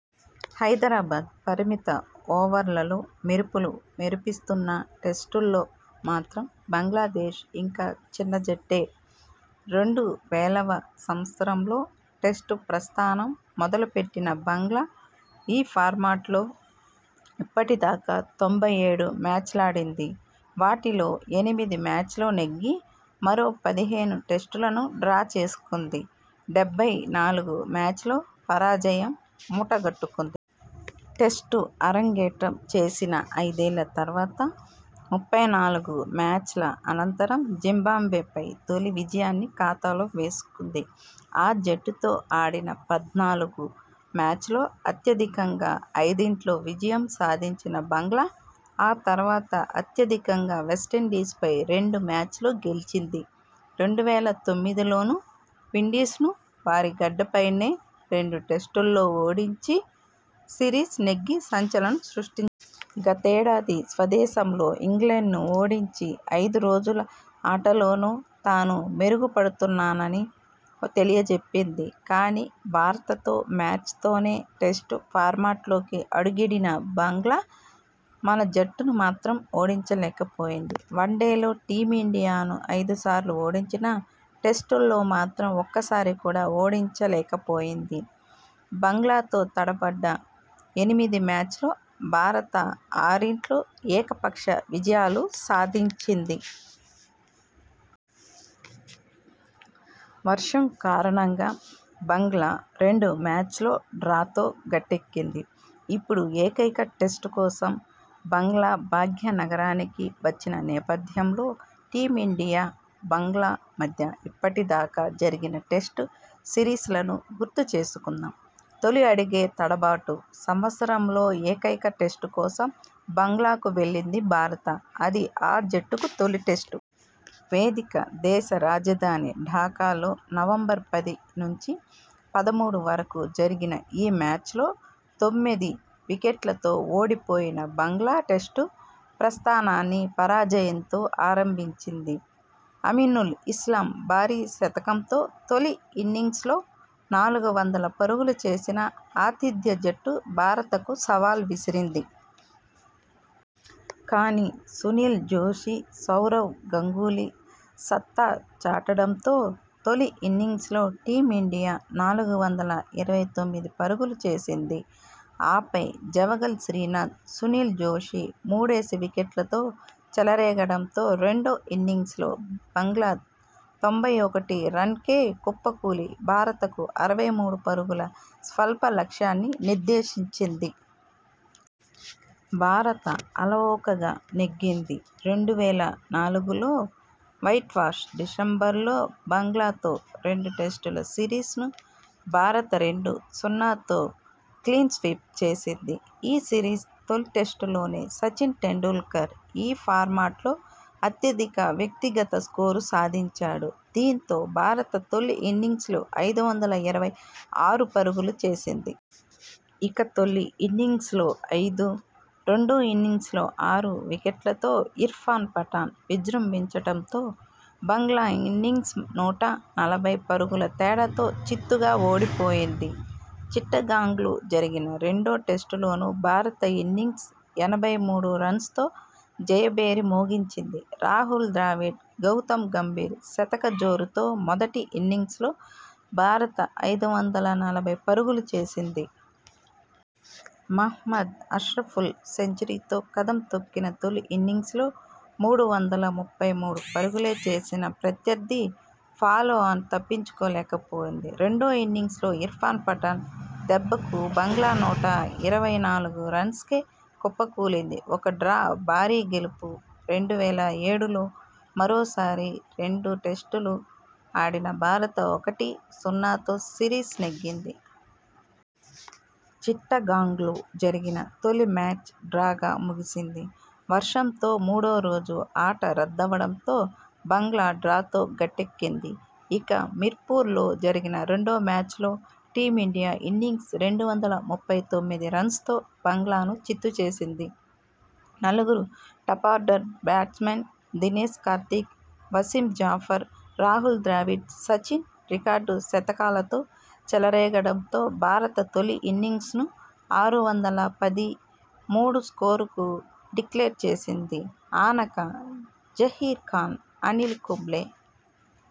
హైదరాబాద్ పరిమిత ఓవర్లలో మెరుపులు మెరిపిస్తున్నా టెస్టుల్లో మాత్రం బంగ్లాదేశ్ ఇంకా చిన్నజట్టే! రెండు వేలవ సంవత్సరంలో టెస్టు ప్రస్థానం మొదలుపెట్టిన బంగ్లా ఈ ఫార్మాట్లో ఇప్పటిదాకా తొంభై ఏడు మ్యాచ్లాడింది. వాటిలో ఎనిమిది మ్యాచ్ల్లో నెగ్గి, మరో పదిహేను టెస్టులను డ్రా చేసుకుంది. డెబ్బై నాలుగు మ్యాచ్ల్లో పరాజయం మూటగట్టుకుంది. టెస్టు అరంగేట్రం చేసిన ఐదేళ్ల తర్వాత ముప్పై నాలుగు మ్యాచ్ల అనంతరం జింబాబ్వేపై తొలి విజయాన్ని ఖాతాలో వేసుకుంది. ఆ జట్టుతో ఆడిన పద్నాలుగు మ్యాచ్ల్లో అత్యధికంగా ఐదింట్లో విజయం సాధించిన బంగ్లా ఆ తర్వాత అత్యధికంగా వెస్టిండీస్పై రెండు మ్యాచ్ల్లో గెలిచింది. రెండు వేల తొమ్మిదిలోనూ విండీస్ను వారి గడ్డపైనే రెండు టెస్టుల్లో ఓడించి సిరీస్ నెగ్గి సంచలనం సృష్టించింది. గతేడాది స్వదేశంలో ఇంగ్లండ్ను ఓడించి ఐదు రోజుల ఆటలోనూ తాను మెరుగుపడుతున్నానని తెలియజెప్పింది. కానీ, భారతతో మ్యాచ్తోనే టెస్టు ఫార్మాట్లోకి అడుగిడిన బంగ్లా మన జట్టును మాత్రం ఓడించలేకపోయింది. వన్డేల్లో టీమిండియాను ఐదు సార్లు ఓడించినా టెస్టుల్లో మాత్రం ఒక్కసారి కూడా ఓడించలేకపోయింది. బంగ్లాతో తలపడ్డ ఎనిమిది మ్యాచ్ల్లో భారత ఆరింట్లో ఏకపక్ష విజయాలు సాధించింది. వర్షం కారణంగా బంగ్లా రెండు మ్యాచ్ల్లో డ్రాతో గట్టెక్కింది. ఇప్పుడు ఏకైక టెస్టు కోసం బంగ్లాభాగ్యనగరానికి వచ్చిన నేపథ్యంలో టీమిండియా-బంగ్లా మధ్య ఇప్పటిదాకా జరిగిన టెస్టు సిరీస్లను గుర్తు చేసుకుందాం! తొలి అడుగే తడబాటు సంవత్సరంలో ఏకైక టెస్టు కోసం బంగ్లాకు వెళ్లింది భారత. అది ఆ జట్టుకు తొలి టెస్టు. వేదిక దేశ రాజధాని ఢాకాలో నవంబర్ పది నుంచి పదమూడు వరకు జరిగిన ఈ మ్యాచ్లో తొమ్మిది వికెట్లతో ఓడిపోయిన బంగ్లా టెస్టు ప్రస్థానాన్ని పరాజయంతో ఆరంభించింది. అమినుల్ ఇస్లాం భారీ శతకంతో తొలి ఇన్నింగ్స్లో నాలుగు వందల పరుగులు చేసిన ఆతిథ్య జట్టు భారతకు సవాల్ విసిరింది. కానీ, సునీల్ జోషి, సౌరవ్ గంగూలీ సత్తా చాటడంతో తొలి ఇన్నింగ్స్లో టీమిండియా నాలుగు వందల ఇరవై తొమ్మిది పరుగులు చేసింది. ఆపై జవగళ్ శ్రీనాథ్, సునీల్ జోషి మూడేసి వికెట్లతో చెలరేగడంతో రెండో ఇన్నింగ్స్లో బంగ్లా తొంభై ఒకటి రన్స్కే కుప్పకూలి భారతకు అరవై మూడు పరుగుల స్వల్ప లక్ష్యాన్ని నిర్దేశించింది. భారత అలవోకగా నెగ్గింది. రెండు వేల నాలుగులో వైట్వాష్ డిసెంబర్లో బంగ్లాతో రెండు టెస్టుల సిరీస్ను భారత రెండు-సున్నాతో క్లీన్స్వీప్ చేసింది. ఈ సిరీస్ తొలి టెస్టులోనే సచిన్ టెండూల్కర్ ఈ ఫార్మాట్లో అత్యధిక వ్యక్తిగత స్కోరు సాధించాడు. దీంతో భారత తొలి ఇన్నింగ్స్లో ఐదు వందల ఇరవై ఆరు పరుగులు చేసింది. ఇక తొలి ఇన్నింగ్స్లో ఐదు, రెండో ఇన్నింగ్స్ల్లో ఆరు వికెట్లతో ఇర్ఫాన్ పఠాన్ విజృంభించడంతో బంగ్లా ఇన్నింగ్స్ నూట నలభై పరుగుల తేడాతో చిత్తుగా ఓడిపోయింది. చిట్టగాంగ్లో జరిగిన రెండో టెస్టులోనూ భారత ఇన్నింగ్స్ ఎనభై మూడు రన్స్తో జయభేరి మోగించింది. రాహుల్ ద్రావిడ్, గౌతమ్ గంభీర్ శతక జోరుతో మొదటి ఇన్నింగ్స్లో భారత ఐదు వందల నలభై పరుగులు చేసింది. మహ్మద్ అష్రఫుల్ సెంచరీతో కదం తొక్కినా తొలి ఇన్నింగ్స్లో మూడు వందల ముప్పై మూడు పరుగులే చేసిన ప్రత్యర్థి ఫాలోఆన్ తప్పించుకోలేకపోయింది. రెండో ఇన్నింగ్స్లో ఇర్ఫాన్ పఠాన్ దెబ్బకు బంగ్లా నూట ఇరవై నాలుగు రన్స్కే కుప్పకూలింది. ఒక డ్రా భారీ గెలుపు రెండు వేల ఏడులో మరోసారి రెండు టెస్టులు ఆడిన భారత ఒకటి-సున్నాతో సిరీస్ నెగ్గింది. చిట్టగాంగ్లో జరిగిన తొలి మ్యాచ్ డ్రాగా ముగిసింది. వర్షంతో మూడో రోజు ఆట రద్దవడంతో బంగ్లా డ్రాతో గట్టెక్కింది. ఇక మిర్పూర్లో జరిగిన రెండో మ్యాచ్లో టీమిండియా ఇన్నింగ్స్ రెండు వందల ముప్పై తొమ్మిది రన్స్తో బంగ్లాను చిత్తు చేసింది. నలుగురు top order batsmen Dinesh Karthik, Wasim Jaffer, Rahul Dravid, Sachin record శతకాలతో చెలరేగడంతో భారత తొలి ఇన్నింగ్స్ను ఆరు వందల పది/మూడు స్కోరుకు డిక్లేర్ చేసింది. ఆనక జహీర్ ఖాన్, అనిల్ కుంబ్లే